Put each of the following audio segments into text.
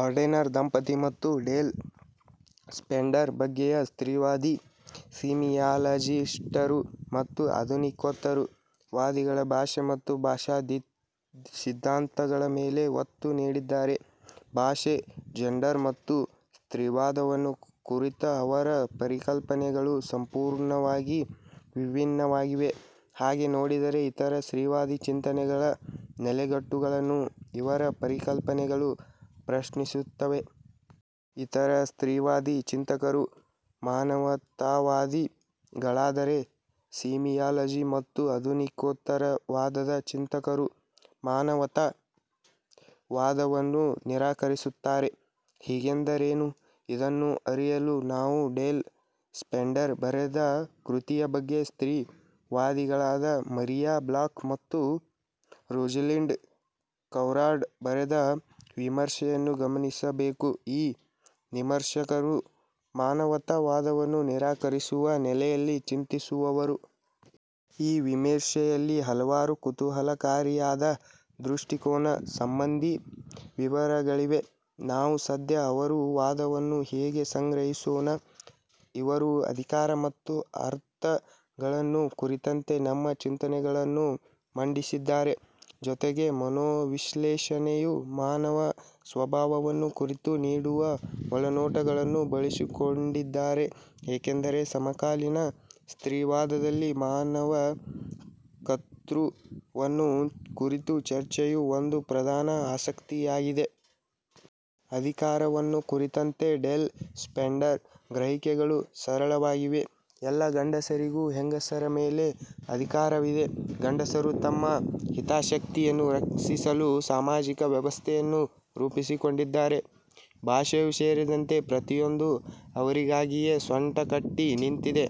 Ardener ದಂಪತಿ ಮತ್ತು Dale Splendor ಬಗೆಯ ಸ್ತ್ರೀವಾದಿ ಸೀಮಿಯಾಲಜಿಸ್ಟರು ಮತ್ತು ಆಧುನಿಕೋತ್ತರ ವಾದಿಗಳು ಭಾಷೆ ಮತ್ತು ಭಾಷಾಸಿದ್ಧಾಂತಗಳ ಮೇಲೆ ಒತ್ತು ನೀಡಿದ್ದಾರೆ. ಭಾಷೆ, ಜಂಡರ್ ಮತ್ತು ಸ್ತ್ರೀವಾದವನ್ನು ಕುರಿತ ಅವರ ಪರಿಕಲ್ಪನೆಗಳು ಸಂಪೂರ್ಣವಾಗಿ ವಿಭಿನ್ನವಾಗಿವೆ. ಹಾಗೆ ನೋಡಿದರೆ, ಇತರ ಸ್ತ್ರೀವಾದಿ ಚಿಂತನೆಗಳ ನೆಲೆಗಟ್ಟುಗಳನ್ನು ಇವರ ಪರಿಕಲ್ಪನೆಗಳು ಪ್ರಶ್ನಿಸುತ್ತವೆ. ಇತರ ಸ್ತ್ರೀವಾದಿ ಚಿಂತಕರು ''ಮಾನವತಾವಾದಿ''ಗಳಾದರೆ, ಸೀಮಿಯಾಲಜಿ ಮತ್ತು ಆಧುನಿಕೋತ್ತರ ವಾದದ ಚಿಂತಕರು ಮಾನವತಾ ವಾದವನ್ನು ನಿರಾಕರಿಸುತ್ತಾರೆ. ಹೀಗೆಂದರೇನು? ಇದನ್ನು ಅರಿಯಲು ನಾವು ಡೇಲ್ ಸ್ಪೆಂಡರ್ ಬರೆದ ಕೃತಿಯ ಬಗ್ಗೆ ಸ್ತ್ರೀ ವಾದಿಗಳಾದ ಮರಿಯಾ ಬ್ಲಾಕ್ ಮತ್ತು ರೋಜಲಿಂಡ್ ಕವಾರ್ಡ್ ಬರೆದ ವಿಮರ್ಶೆಯನ್ನು ಗಮನಿಸಬೇಕು. ಈ ವಿಮರ್ಶಕರು ಮಾನವತಾ ವಾದವನ್ನು ನಿರಾಕರಿಸುವ ನೆಲೆಯಲ್ಲಿ ಚಿಂತಿಸುವವರು. ಈ ವಿಮರ್ಶೆಯಲ್ಲಿ ಹಲವಾರು ಕುತೂಹಲಕಾರಿಯಾದ ದೃಷ್ಟಿಕೋನ ಸಂಬಂಧಿ ವಿವರಗಳಿವೆ. ನಾವು ಸದ್ಯ ಅವರ ವಾದವನ್ನು ಹೀಗೆ ಸಂಗ್ರಹಿಸೋಣ. ಇವರು ''ಅಧಿಕಾರ'' ಮತ್ತು ''ಅರ್ಥ''ಗಳನ್ನು ಕುರಿತಂತೆ ತಮ್ಮ ಚಿಂತನೆಗಳನ್ನು ಮಂಡಿಸಿದ್ದಾರೆ. ಜೊತೆಗೆ ಮನೋವಿಶ್ಲೇಷಣೆಯು ಮಾನವ ಸ್ವಭಾವವನ್ನು ಕುರಿತು ನೀಡುವ ಒಳನೋಟಗಳನ್ನು ಬಳಸಿಕೊಂಡಿದ್ದಾರೆ. ಏಕೆಂದರೆ, ಸಮಕಾಲೀನ ಸ್ತ್ರೀವಾದದಲ್ಲಿ ಮಾನವ ''ಕರ್ತೃ''ವನ್ನು ಕುರಿತ ಚರ್ಚೆಯು ಒಂದು ಪ್ರಧಾನ ಆಸಕ್ತಿಯಾಗಿದೆ. ಅಧಿಕಾರವನ್ನು ಕುರಿತಂತೆ ಡೇಲ್ ಸ್ಪೆಂಡರ್ ಗ್ರಹಿಕೆಗಳು ಸರಳವಾಗಿವೆ. ಎಲ್ಲ ಗಂಡಸರಿಗೂ ಹೆಂಗಸರ ಮೇಲೆ ಅಧಿಕಾರವಿದೆ. ಗಂಡಸರು ತಮ್ಮ ಹಿತಾಸಕ್ತಿಗಳನ್ನು ರಕ್ಷಿಸಲು ಸಾಮಾಜಿಕ ವ್ಯವಸ್ಥೆಯನ್ನು ರೂಪಿಸಿಕೊಂಡಿದ್ದಾರೆ. ಭಾಷೆಯೂ ಸೇರಿದಂತೆ ಪ್ರತಿಯೊಂದೂ ಅವರಿಗಾಗಿಯೇ ಸೊಂಟ ಕಟ್ಟಿ ನಿಂತಿದೆ.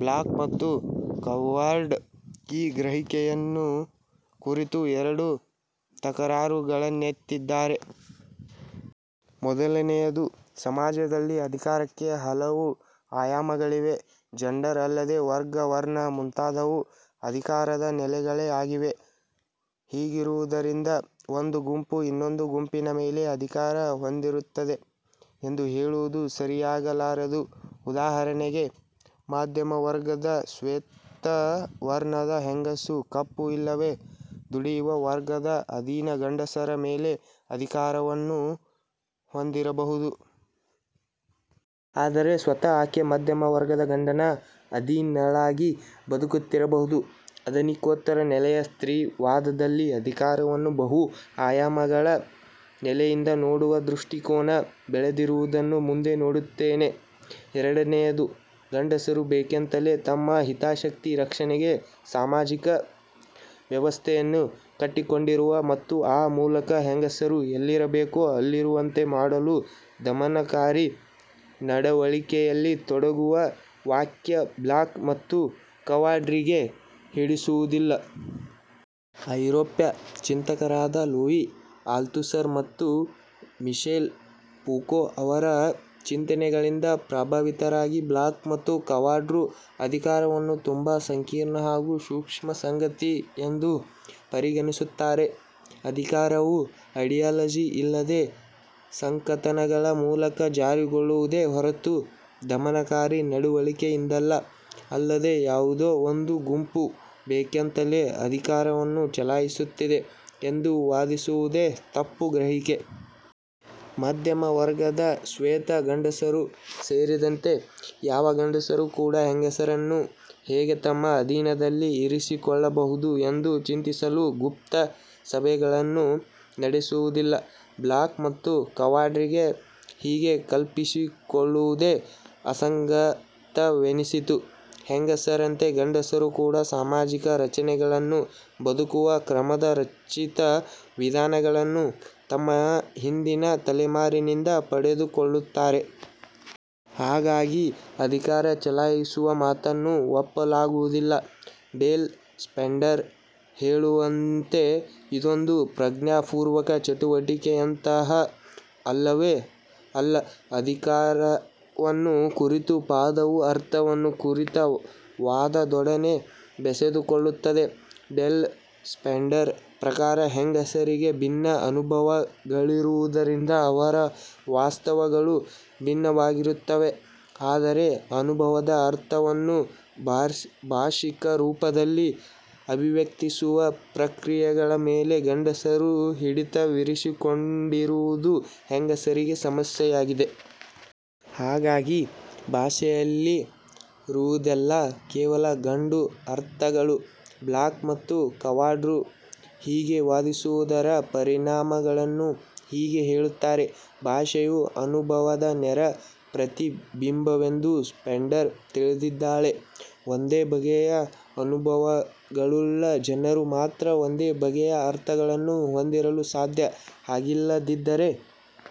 ಬ್ಲಾಕ್ ಮತ್ತು ಕವಾರ್ಡ್ ಈ ಗ್ರಹಿಕೆಯನ್ನು ಕುರಿತು ಎರಡು ತಕರಾರುಗಳನ್ನೆತ್ತಿದ್ದಾರೆ. ಮೊದಲನೆಯದು, ಸಮಾಜದಲ್ಲಿ ಅಧಿಕಾರಕ್ಕೆ ಹಲವು ಆಯಾಮಗಳಿವೆ. ಜಂಡರ್ ಅಲ್ಲದೆ ವರ್ಗ, ವರ್ಣ ಮುಂತಾದವೂ ಅಧಿಕಾರದ ನೆಲೆಗಳೇ ಆಗಿವೆ. ಹೀಗಿರುವುದರಿಂದ, ಒಂದು ಗುಂಪು ಇನ್ನೊಂದು ಗುಂಪಿನ ಮೇಲೆ ಅಧಿಕಾರ ಹೊಂದಿರುತ್ತದೆ. ಎಂದು ಹೇಳುವುದು ಸರಿಯಾಗಲಾರದು. ಉದಾಹರಣೆಗೆ, ಮಧ್ಯಮ ವರ್ಗದ ಶ್ವೇತವರ್ಣದ ಹೆಂಗಸು ಕಪ್ಪು ಇಲ್ಲವೇ ದುಡಿಯುವ ವರ್ಗದ ಅಧೀನ ಗಂಡಸರ ಮೇಲೆ ಅಧಿಕಾರವನ್ನು ಹೊಂದಿರಬಹುದು. ಆದರೆ ಸ್ವತಃ ಆಕೆ ಮಧ್ಯಮ ವರ್ಗದ ಗಂಡನ ಅಧೀನಳಾಗಿ ಬದುಕುತ್ತಿರಬಹುದು. ಆಧುನಿಕೋತ್ತರ ನೆಲೆಯ ಸ್ತ್ರೀವಾದದಲ್ಲಿ ಅಧಿಕಾರವನ್ನು ಬಹು ಆಯಾಮಗಳ ನೆಲೆಯಿಂದ ನೋಡುವ ದೃಷ್ಟಿಕೋನ ಬೆಳೆದಿರುವುದನ್ನು ಮುಂದೆ ನೋಡುತ್ತೇವೆ. ಎರಡನೆಯದು, ಗಂಡಸರು ಬೇಕೆಂತಲೇ ತಮ್ಮ ಹಿತಾಸಕ್ತಿ ರಕ್ಷಣೆಗೆ ಸಾಮಾಜಿಕ ವ್ಯವಸ್ಥೆಯನ್ನು ಕಟ್ಟಿಕೊಂಡಿರುವ ಮತ್ತು ಆ ಮೂಲಕ ಹೆಂಗಸರು ಎಲ್ಲಿರಬೇಕೋ ಅಲ್ಲಿರುವಂತೆ ಮಾಡಲು ದಮನಕಾರಿ ನಡವಳಿಕೆಯಲ್ಲಿ ತೊಡಗುವ ವ್ಯಾಖ್ಯೆ ಬ್ಲಾಕ್ ಮತ್ತು ಕವಾರ್ಡ್ರಿಗೆ ಹಿಡಿಸುವುದಿಲ್ಲ. ಐರೋಪ್ಯ ಚಿಂತಕರಾದ ಲೂಯಿ ಆಲ್ತುಸರ್ ಮತ್ತು ಮಿಶೆಲ್ ಪೂಕೋ ಅವರ ಚಿಂತನೆಗಳಿಂದ ಪ್ರಭಾವಿತರಾಗಿ ಬ್ಲಾಕ್ ಮತ್ತು ಕವಾರ್ಡ್ರು ಅಧಿಕಾರವನ್ನು ತುಂಬಾ ಸಂಕೀರ್ಣ ಹಾಗೂ ಸೂಕ್ಷ್ಮ ಸಂಗತಿ ಎಂದು ಪರಿಗಣಿಸುತ್ತಾರೆ. ಅಧಿಕಾರವು ಐಡಿಯಾಲಜಿ ಇಲ್ಲವೇ ಸಂಕಥನಗಳ ಮೂಲಕ ಜಾರಿಗೊಳ್ಳುವುದೇ ಹೊರತು ದಮನಕಾರಿ ನಡವಳಿಕೆಯಿಂದಲ್ಲ. ಅಲ್ಲದೆ, ಯಾವುದೋ ಒಂದು ಗುಂಪು ಬೇಕೆಂತಲೇ ಅಧಿಕಾರವನ್ನು ಚಲಾಯಿಸುತ್ತಿದೆ ಎಂದು ವಾದಿಸುವುದೇ ತಪ್ಪು ಗ್ರಹಿಕೆ. ಮಧ್ಯಮ ವರ್ಗದ ಶ್ವೇತ ಗಂಡಸರೂ ಸೇರಿದಂತೆ, ಯಾವ ಗಂಡಸರೂ ಕೂಡಾ ಹೆಂಗಸರನ್ನು ಹೇಗೆ ತಮ್ಮ ಅಧೀನದಲ್ಲಿ ಇರಿಸಿಕೊಳ್ಳಬಹುದು ಎಂದು ಚಿಂತಿಸಲು ಗುಪ್ತ ಸಭೆಗಳನ್ನು ನಡೆಸುವುದಿಲ್ಲ. ಬ್ಲಾಕ್ ಮತ್ತು ಕವಾರ್ಡ್ರಿಗೆ ಹೀಗೆ ಕಲ್ಪಿಸಿಕೊಳ್ಳುವುದೇ ಅಸಂಗತವೆನಿಸಿತು. ಹೆಂಗಸರಂತೆ ಗಂಡಸರೂ ಕೂಡಾ ಸಾಮಾಜಿಕ ರಚನೆಗಳನ್ನೂ, ಬದುಕುವ ಕ್ರಮದ ರಚಿತ ವಿಧಾನಗಳನ್ನೂ, ತಮ್ಮ ಹಿಂದಿನ ತಲೆಮಾರಿನಿಂದ ಪಡೆದುಕೊಳ್ಳುತ್ತಾರೆ. ಹಾಗಾಗಿ, ಅಧಿಕಾರ ಚಲಾಯಿಸುವ ಮಾತನ್ನು ಒಪ್ಪಲಾಗುವುದಿಲ್ಲ. ಡೇಲ್ ಸ್ಪೆಂಡರ್ ಹೇಳುವಂತೆ ಇದೊಂದು ಪ್ರಜ್ಞಾಪೂರ್ವಕ ಚಟುವಟಿಕೆಯಂತೂ ಅಲ್ಲವೇ ಅಲ್ಲ. ಅಧಿಕಾರವನ್ನು ಕುರಿತ ವಾದವು ಅರ್ಥವನ್ನು ಕುರಿತ ವಾದದೊಡನೆ ಬೆಸೆದುಕೊಳ್ಳುತ್ತದೆ. ಡೇಲ್ ಸ್ಪೆಂಡರ್ ಪ್ರಕಾರ ಹೆಂಗಸರಿಗೆ ಭಿನ್ನ ಅನುಭವಗಳಿರುವುದರಿಂದ ಅವರ ವಾಸ್ತವಗಳೂ ಭಿನ್ನವಾಗಿರುತ್ತವೆ. ಆದರೆ, ಅನುಭವದ ಅರ್ಥವನ್ನು ಭಾಷಿಕರೂಪದಲ್ಲಿ ಅಭಿವ್ಯಕ್ತಿಸುವ ಪ್ರಕ್ರಿಯೆಗಳ ಮೇಲೆ ಗಂಡಸರು ಹಿಡಿತವಿರಿಸಿಕೊಂಡಿರುವುದು ಹೆಂಗಸರಿಗೆ ಸಮಸ್ಯೆಯಾಗಿದೆ. ಹಾಗಾಗಿ, ಭಾಷೆಯಲ್ಲಿ ರುವುದೆಲ್ಲಾ ಕೇವಲ ಗಂಡು ಅರ್ಥಗಳು. ಬ್ಲಾಕ್ ಮತ್ತು ಕವಾರ್ಡ್ರು ಹೀಗೆ ವಾದಿಸುವುದರ ಪರಿಣಾಮಗಳನ್ನು ಹೀಗೆ ಹೇಳುತ್ತಾರೆ. ಭಾಷೆಯು ಅನುಭವದ ನೇರ ಪ್ರತಿಬಿಂಬವೆಂದು ಸ್ಪೆಂಡರ್ ತಿಳಿದಿದ್ದಾಳೆ. ಒಂದೇ ಬಗೆಯ ಅನುಭವಗಳುಳ್ಳ ಜನರು ಮಾತ್ರ ಒಂದೇ ಬಗೆಯ ಅರ್ಥಗಳನ್ನು ಹೊಂದಿರಲು ಸಾಧ್ಯ. ಹಾಗಿಲ್ಲದಿದ್ದರೆ,